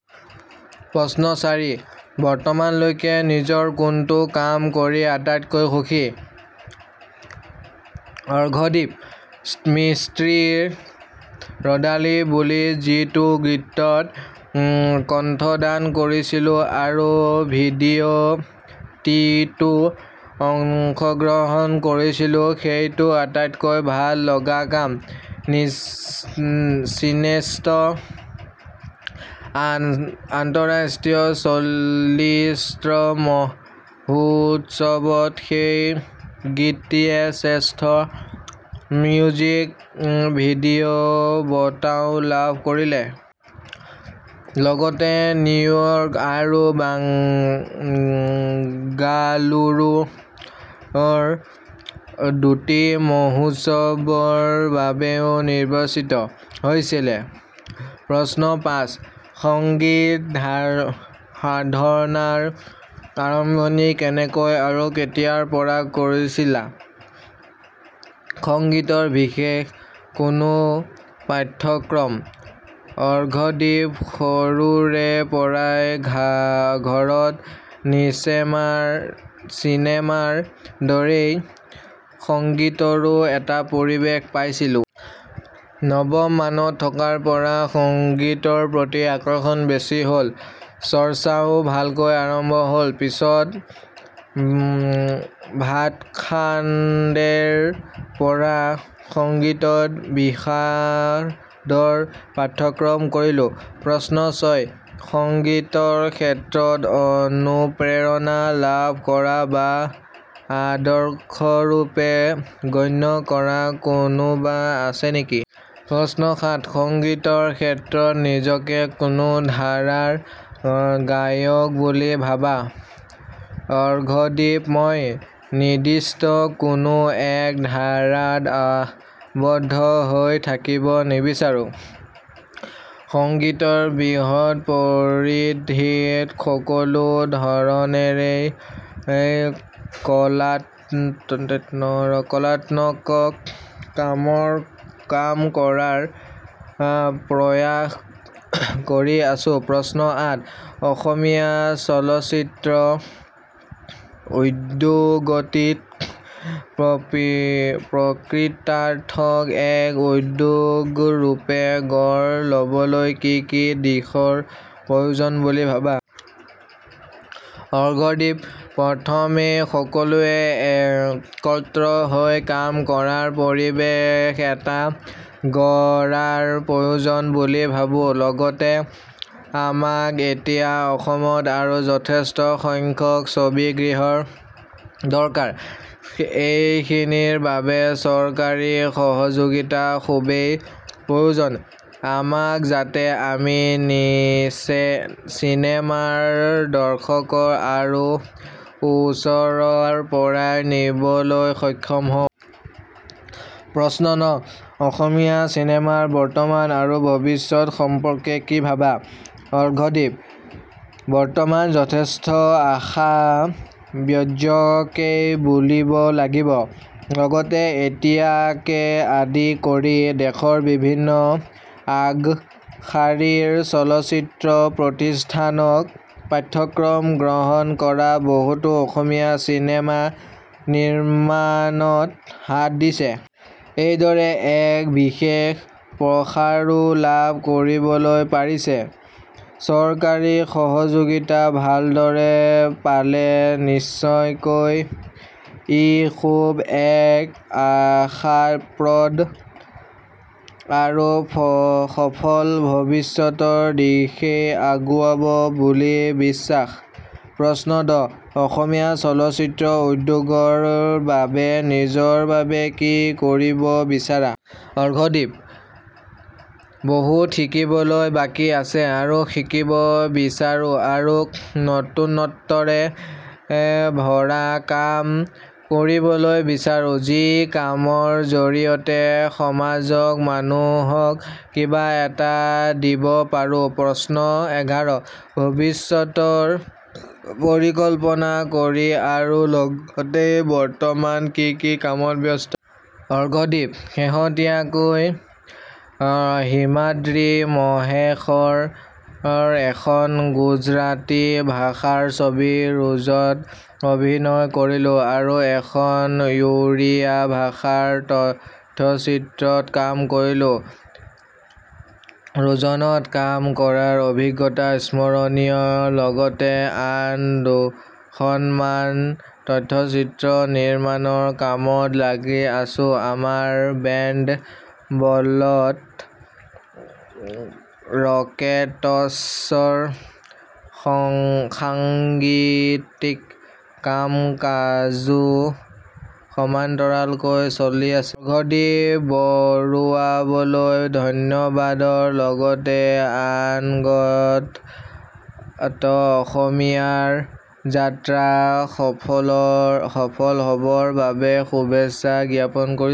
প্ৰশ্ন চাৰি: বৰ্তমানলৈকে নিজৰ কোনটো কাম কৰি আটাইতকৈ সুখী? অৰ্ঘদীপ: স্মৃতিৰ ৰ'দালি বুলি যিটো গীতত কন্ঠদান কৰিছিলো আৰু ভিডিঅ'টিতো অংশগ্ৰহণ কৰিছিলো, সেইটো আটাইতকৈ ভাল লগা কাম। চিনেষ্টে আন্তঃৰাষ্ট্ৰীয় চলচ্চিত্ৰ মহোৎসৱত এই গীতটিয়ে শ্ৰেষ্ঠ মিউজিক ভিডিঅ' বঁটাও লাভ কৰিছিলে। লগতে নিউয়ৰ্ক আৰু বাংগালুৰুৰ দুটি মহোৎসৱৰ বাবেও নিৰ্বাচিত হৈছিলে। প্ৰশ্ন পাঁচ: সংগীত সাধনাৰ আৰম্ভণি কেনেকৈ আৰু কেতিয়াৰ পৰা কৰিছিলা? সংগীতৰ বিশেষ কোনো পাঠ্যক্ৰম? অৰ্ঘদীপ: সৰুৰে পৰাই ঘৰত চিনেমাৰ দৰেই সংগীতৰো এটা পৰিৱেশ পাইছিলো। নৱম মানত থকাৰ পৰা সংগীতৰ প্ৰতি আকৰ্ষণ বেছি হ'ল। চৰ্চাও ভালকৈ আৰম্ভ হ'ল। পিছত ভাটখাণ্ডেৰ পৰা সংগীতত বিশাৰদৰ পাঠ্যক্ৰম কৰিলো। প্ৰশ্ন ছয়: সংগীতৰ ক্ষেত্ৰত অনুপ্ৰেৰণা লাভ কৰা বা আদৰ্শৰূপে গণ্য কৰা কোনোবা আছে নেকি? প্ৰশ্ন সাত: সংগীতৰ ক্ষেত্ৰত নিজকে কোন ধাৰাৰ গায়ক বুলি ভাবা? অৰ্ঘদীপ: মই নিৰ্দ্দিষ্ট কোনো এক ধাৰাত আবদ্ধ হৈ থাকিব নিবিচাৰো। সংগীতৰ বৃহৎ পৰিধিত সকলো ধৰণৰেই কলাত্নক কাম কৰাৰ প্ৰয়াস কৰি আছো। প্ৰশ্ন আঠ: অসমীয়া চলচ্চিত্ৰ উদ্যোগটিক প্ৰকৃতাৰ্থত এক উদ্যোগ ৰূপে গঢ় লবলৈ কি কি দিশৰ প্ৰয়োজন বুলি ভাবা? অৰ্ঘদীপ: প্ৰথমেই সকলোৱে একত্ৰ হৈ কাম কৰাৰ পৰিবেশ এটা গঢ়াৰ প্ৰয়োজন বুলি ভাবো। লগতে আমাক এতিয়া অসমত আৰু যথেষ্ট সংখ্যক ছবিগৃহৰ দৰকাৰ। এইখিনিৰ বাবে চৰকাৰী সহযোগিতাৰ খুবেই প্ৰয়োজন। আমাক যাতে আমি চিনেমাৰ দৰ্শকৰ আৰু ওচৰ চপাই নিবলৈ সক্ষম হওঁ। প্ৰশ্ন ন: অসমীয়া চিনেমাৰ বৰ্তমান আৰু ভৱিষ্যত সম্পৰ্কে কি ভাবা? অৰ্ঘদীপ: বৰ্তমান যথেষ্ট আশা ব্যঞ্জকেই বুলিব লাগিব। লগতে এতিয়াকে আদি কৰি দেশৰ বিভিন্ন আগশাৰীৰ চলচ্চিত্ৰ প্ৰতিষ্ঠানত পাঠ্যক্ৰম গ্ৰহণ কৰা বহুতো অসমীয়াই চিনেমা নিৰ্মাণত হাত দিছে। এইদৰে এক বিশেষ প্ৰসাৰো লাভ কৰিবলৈ পাৰিছে। চৰকাৰী সহযোগিতা ভালদৰে পালে নিশ্চয়কৈ ই খুব এক আশাপ্ৰদ আৰু সফল ভৱিষ্যতৰ দিশেই আগুৱাব বুলি বিশ্বাস। প্ৰশ্ন দহ: অসমীয়া চলচ্চিত্ৰ উদ্যোগৰ বাবেনিজৰ বাবে কি কৰিব বিচাৰা? অৰ্ঘদীপ: বহুত শিকিবলৈ বাকী আছে আৰু শিকিব বিচাৰো আৰু নতুনত্বৰে ভৰা কাম কৰিবলৈ বিচাৰো, যি কামৰ জড়িয়তে সমাজক, মানুহক, কিবা এটা দিব পাৰো। প্ৰশ্ন এঘাৰ: ভৱিষ্যত পৰিকল্পনা কি আৰু লগতেই বৰ্তমান কি কি কামত ব্যস্ত? অৰ্ঘদীপ: শেহতীয়াকৈ হিমাদ্ৰী মহেশৰ এখন গুজৰাটী ভাষাৰ ছবি ৰুজত অভিনয় কৰিলো আৰু এখন উড়ীয়া ভাষাৰ তথ্যচিত্ৰত কাম কৰিলো। ৰুজত কাম কৰাৰ অভিজ্ঞতা স্মৰণীয়। লগতে আন দুখনমান তথ্যচিত্ৰ নিৰ্মাণৰ কামত লাগি আছো। আমাৰ বেণ্ড "বটল ৰকেটছ"ৰ সাংগিতীক কাম-কাজো সমান্তৰালকৈ চলি আছে। অৰ্ঘদীপ বৰুৱালৈ ধন্যবাদৰ লগতেই অনাগত সময়ৰ যাত্ৰা সফল হ'বৰ বাবে শুভেচ্ছা জ্ঞাপন কৰিছো।